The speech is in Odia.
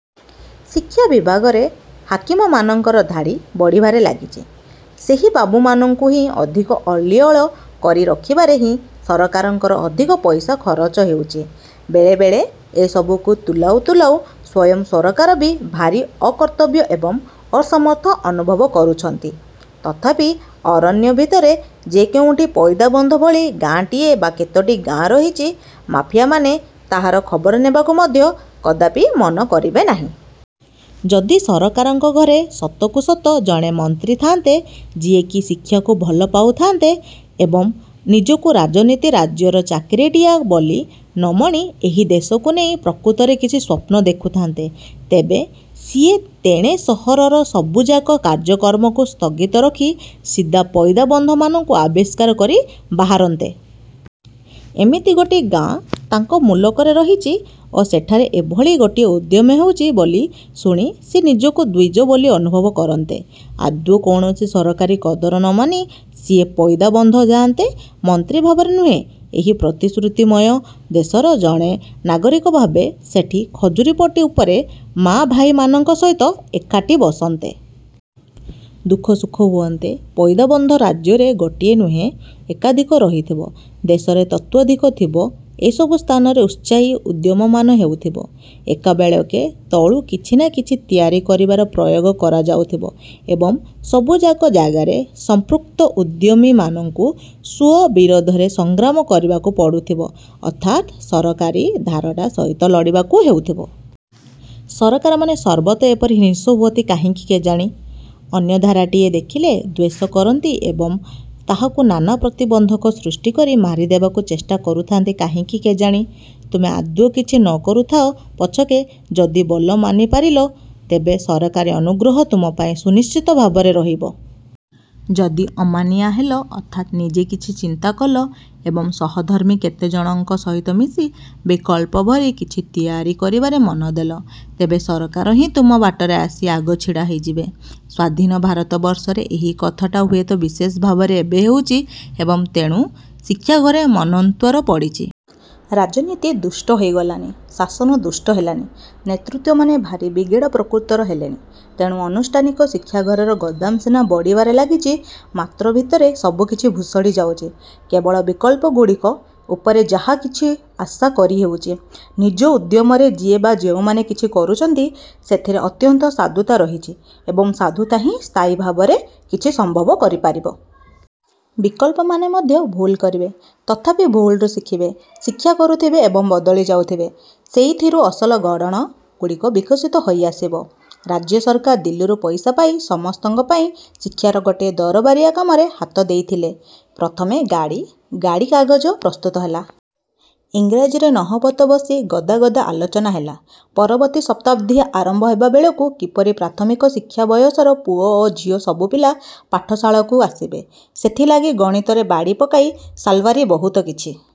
ଶିକ୍ଷା ବିଭାଗରେ ହାକିମମାନଙ୍କର ଧାଡ଼ି ବଢ଼ିବାରେ ଲାଗିଛି। ସେହି ବାବୁମାନଙ୍କୁ ହିଁ ଅଧିକ ଅଲିଅଳ କରି ରଖିବାରେ ହିଁ ସରକାରଙ୍କର ଅଧିକ ପଇସା ଖରଚ ହେଉଛି। ବେଳେବେଳେ ଏସବୁକୁ ତୁଲାଉ ତୁଲାଉ ସ୍ୱୟଂ ସରକାର ବି ଭାରି ଅକର୍ତ୍ତବ୍ୟ ଏବଂ ଅସମର୍ଥ ଅନୁଭବ କରୁଛନ୍ତି। ତଥାପି ଅରଣ୍ୟ ଭିତରେ ଯେ କେଉଁଠି ପଇଦାବନ୍ଧ ଭଳି ଗାଆଁଟିଏ ବା କେତୋଟି ଗାଆଁ ରହିଛି, ମାଫିଆମାନେ ତାହାର ଖବର ନେବାକୁ ମଧ୍ୟ କଦାପି ମନ କରିବେ ନାହିଁ। ଯଦି ସରକାରଙ୍କ ଘରେ ସତକୁ ସତ ଜଣେ ମନ୍ତ୍ରୀ ଥାଆନ୍ତେ, ଯିଏକି ଶିକ୍ଷାକୁ ଭଲ ପାଉଥାଆନ୍ତେ ଏବଂ ନିଜକୁ ରାଜନୀତି ରାଜ୍ୟର ଚାକିରିଆଟିଏ ବୋଲି ନମଣି ଏହି ଦେଶକୁ ନେଇ ପ୍ରକୃତରେ କିଛି ସ୍ୱପ୍ନ ଦେଖୁଥାନ୍ତେ, ତେବେ ସିଏ ତେଣେ ସହରର ସବୁଯାକ କାର୍ଯ୍ୟକ୍ରମକୁ ସ୍ଥଗିତ ରଖି ସିଧା ପଇଦାବନ୍ଧ ମାନଙ୍କୁ ଆବିଷ୍କାର କରି ବାହାରନ୍ତେ। ଏମିତି ଗୋଟିଏ ଗାଆଁ ତାଙ୍କ ମୁଲକରେ ରହିଛି ଓ ସେଠାରେ ଏଭଳି ଗୋଟିଏ ଉଦ୍ୟମ ହେଉଛି ବୋଲି ଶୁଣି ସିଏ ନିଜକୁ ଦ୍ୱିଜ ବୋଲି ଅନୁଭବ କରନ୍ତେ। ଆଦୌ କୌଣସି ସରକାରୀ କଦର ନମାନି ସିଏ ପଇଦାବନ୍ଧ ଯାଆନ୍ତେ। ମନ୍ତ୍ରୀ ଭାବରେ ନୁହେଁ, ଏହି ପ୍ରତିଶ୍ରୁତିମୟ ଦେଶର ଜଣେ ନାଗରିକ ଭାବେ ସେଠି ଖଜୁରିପଟି ଉପରେ ମାଆ ଭାଇମାନଙ୍କ ସହିତ ଏକାଠି ବସନ୍ତେ। ଦୁଃଖ ସୁଖ ହୁଅନ୍ତେ। ପଇଦାବନ୍ଧ ରାଜ୍ୟରେ ଗୋଟିଏ ନୁହେଁ, ଏକାଧିକ ରହିଥିବ। ଦେଶରେ ତତୋଃଧିକ। ଥିବ। ଏସବୁ ସ୍ଥାନରେ ଉତ୍ସାହୀ ଉଦ୍ୟମମାନ ହେଉଥିବ। ଏକାବେଳେକେ ତଳୁ କିଛି ନା କିଛି ତିଆରି କରିବାର ପ୍ରୟୋଗ କରାଯାଉଥିବ ଏବଂ ସବୁଯାକ ଜାଗାରେ ସମ୍ପୃକ୍ତ ଉଦ୍ୟମୀମାନଙ୍କୁ ସୁଅ ବିରୋଧରେ ସଂଗ୍ରାମ କରିବାକୁ ପଡୁଥିବ ଅର୍ଥାତ୍ ସରକାରୀ ଧାରାଟା ସହିତ ଲଢ଼ିବାକୁ ହେଉଥିବ। ସରକାରମାନେ ସର୍ବତ୍ର ଏପରି ହିଂସ୍ର ହୁଅନ୍ତି କାହିଁକି କେଜାଣି? ଅନ୍ୟ ଧାରାଟିଏ ଦେଖିଲେ ଦ୍ୱେଷ କରନ୍ତି ଏବଂ ତାହାକୁ ନାନା ପ୍ରତିବନ୍ଧକ ସୃଷ୍ଟିକରି ମାରିଦେବାକୁ ଚେଷ୍ଟା କରୁଥାନ୍ତି କାହିଁକି କେଜାଣି? ତୁମେ ଆଦୌ କିଛି ନକରୁଥାଅ ପଛକେ, ଯଦି ବୋଲ ମାନିପାରିଲ, ତେବେ ସରକାରୀ ଅନୁଗ୍ରହ ତୁମ ପାଇଁ ସୁନିଶ୍ଚିତ ଭାବରେ ରହିବ। ଯଦି ଅମାନିଆ ହେଲ, ଅର୍ଥାତ୍ ନିଜେ କିଛି ଚିନ୍ତା କଲ ଏବଂ ସହଧର୍ମୀ କେତେଜଣଙ୍କ ସହିତ ମିଶି ବିକଳ୍ପ ଭଳି କିଛି ତିଆରି କରିବାରେ ମନଦେଲ, ତେବେ ସରକାର ହିଁ ତୁମର ବାଟରେ ଆସି ଆଗ ଛିଡ଼ା ହେଇଯିବେ। ସ୍ଵାଧୀନ ଭାରତବର୍ଷରେ ଏହି କଥାଟା ହୁଏତ ବିଶେଷ ଭାବରେ ଏବେ ହେଉଛି ଏବଂ ତେଣୁ ଶିକ୍ଷାଘରେ ମନ୍ୱନ୍ତର ପଡ଼ିଛି। ରାଜନୀତି ଦୁଷ୍ଟ ହୋଇଗଲାଣି, ଶାସନ ଦୁଷ୍ଟ ହେଲାଣି, ନେତୃତ୍ୱମାନେ ଭାରି ବିଗିଡ଼ା ପ୍ରକୃତିର ହେଲେଣି। ତେଣୁ ଆନୁଷ୍ଠାନିକ ଶିକ୍ଷାଘରର ଗୋଦାମ ସିନା ବଢ଼ିବାରେ ଲାଗିଛି, ମାତ୍ର ଭିତରେ ସବୁକିଛି ଭୁଷଡ଼ି ଯାଉଛି। କେବଳ ବିକଳ୍ପଗୁଡ଼ିକ ଉପରେ ଯାହା କିଛି ଆଶା କରି ହେଉଛି। ନିଜ ଉଦ୍ୟମରେ ଯିଏ ବା ଯେଉଁମାନେ କିଛି କରୁଛନ୍ତି, ସେଥିରେ ଅନ୍ତତଃ ସାଧୁତା ରହିଛି ଏବଂ ସାଧୁତା ହିଁ ସ୍ଥାୟୀ ଭାବରେ କିଛି ସମ୍ଭବ କରିପାରିବ! ବିକଳ୍ପମାନେ ମଧ୍ୟ ଭୁଲ କରିବେ, ତଥାପି ଭୁଲରୁ ଶିଖିବେ। ଶିକ୍ଷା କରୁଥିବେ ଏବଂ ବଦଳି ଯାଉଥିବେ। ସେଇଥିରୁ ଅସଲ ଗଢ଼ଣ ଗୁଡ଼ିକ ବିକଶିତ ହୋଇଆସିବ। ରାଜ୍ୟ ସରକାର ଦିଲ୍ଲୀରୁ ପଇସା ପାଇ ସମସ୍ତଙ୍କ ପାଇଁ ଶିକ୍ଷାର ଗୋଟିଏ ଦରବାରିଆ କାମରେ ହାତ ଦେଇଥିଲେ। ପ୍ରଥମେ ଗାଡ଼ି ଗାଡ଼ି କାଗଜ ପ୍ରସ୍ତୁତ ହେଲା। ଇଂରାଜୀରେ ନହବତ ବସି ଗଦା ଗଦା ଆଲୋଚନା ହେଲା। ପରବର୍ତ୍ତୀ ଶତାବ୍ଦୀ ଆରମ୍ଭ ହେବାବେଳକୁ କିପରି ପ୍ରାଥମିକ ଶିକ୍ଷା ବୟସର ପୁଅ ଓ ଝିଅ ସବୁପିଲା ପାଠଶାଳାକୁ ଆସିବେ, ସେଥିଲାଗି ଗଣିତରେ ବାଡ଼ି ପକାଇ ସାଲୱାରି ବହୁତ କିଛି